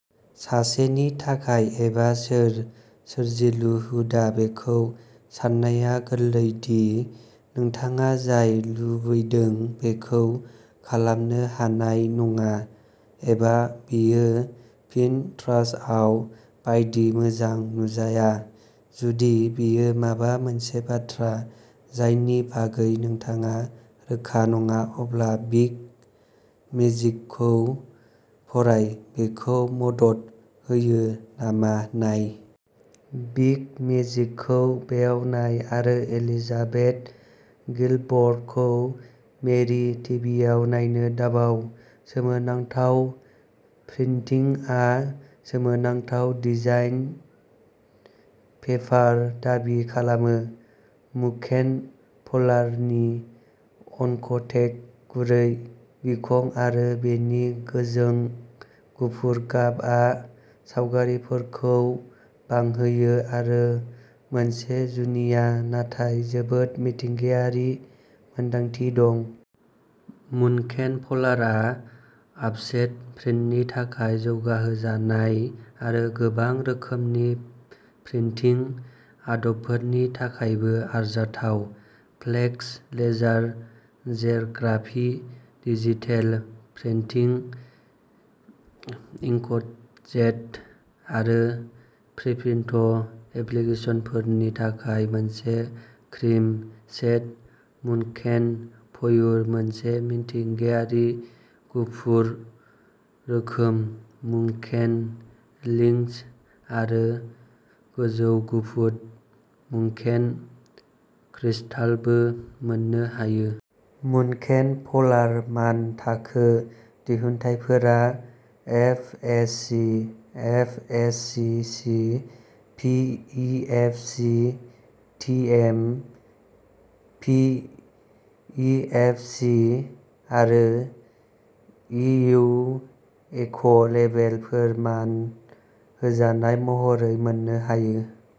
सासेनि थाखाय, एबा सोर सोरजिलु हुदा, बेखौ साननाया गोरलै दि नोंथाङा जाय लुबैदों बेखौ खालामनो हानाय नङा, एबा बेयो पिनट्रास्टआव बायदि मोजां नुजाया जुदि बेयो माबा मोनसे बाथ्रा जायनि बागै नोंथाङा रोखा नङा, अब्ला बिग मेजिकखौ फराय, बेखौ मदद होयो नामा नाय? बिग मेजिकखौ बेयाव नाय, आरो एलिजाबेथ गिलबर्टखौ मेरि टिभिआव नायनो दाबाव! सोमोनांथाव प्रिन्टिंआ सोमोनांथाव डिजाइन पेपार दाबि खालामो। मुनकेन पलारनि अनक'टेड गुरै बिखं आरो बेनि गोजों गुफुर गाबआ सावगारिफोरखौ बांहोयो आरो मोनसे जुनिया, नाथाय जोबोद मिथिंगायारि मोनदांथि दं। मुनकेन पलारआ अफसेट प्रिन्टनि थाखाय जौगाहोजानाय आरो गोबां रोखोमनि प्रिन्टिं आदबफोरनि थाखायबो आरजाथाव; flex', laser, xerography, digital printing, inkjet आरो प्रिप्रिन्ट एप्लिकेसनफोरनि थाखाय मोनसे क्रिम शेड, मुनकेन प्युर, मोनसे मिथिंगायारि गुफुर रोखोम, मुनकेन लिंक्स आरो गोजौ गुफुर मुनकेन क्रिस्टालबो मोननो हायो। मुनकेन पलार मानथाखो दिहुनथायफोरा FSC FSC C, TM C PA FC आरो इय इक'लेबेल फोरमान होजानाय महरै मोननो हायो।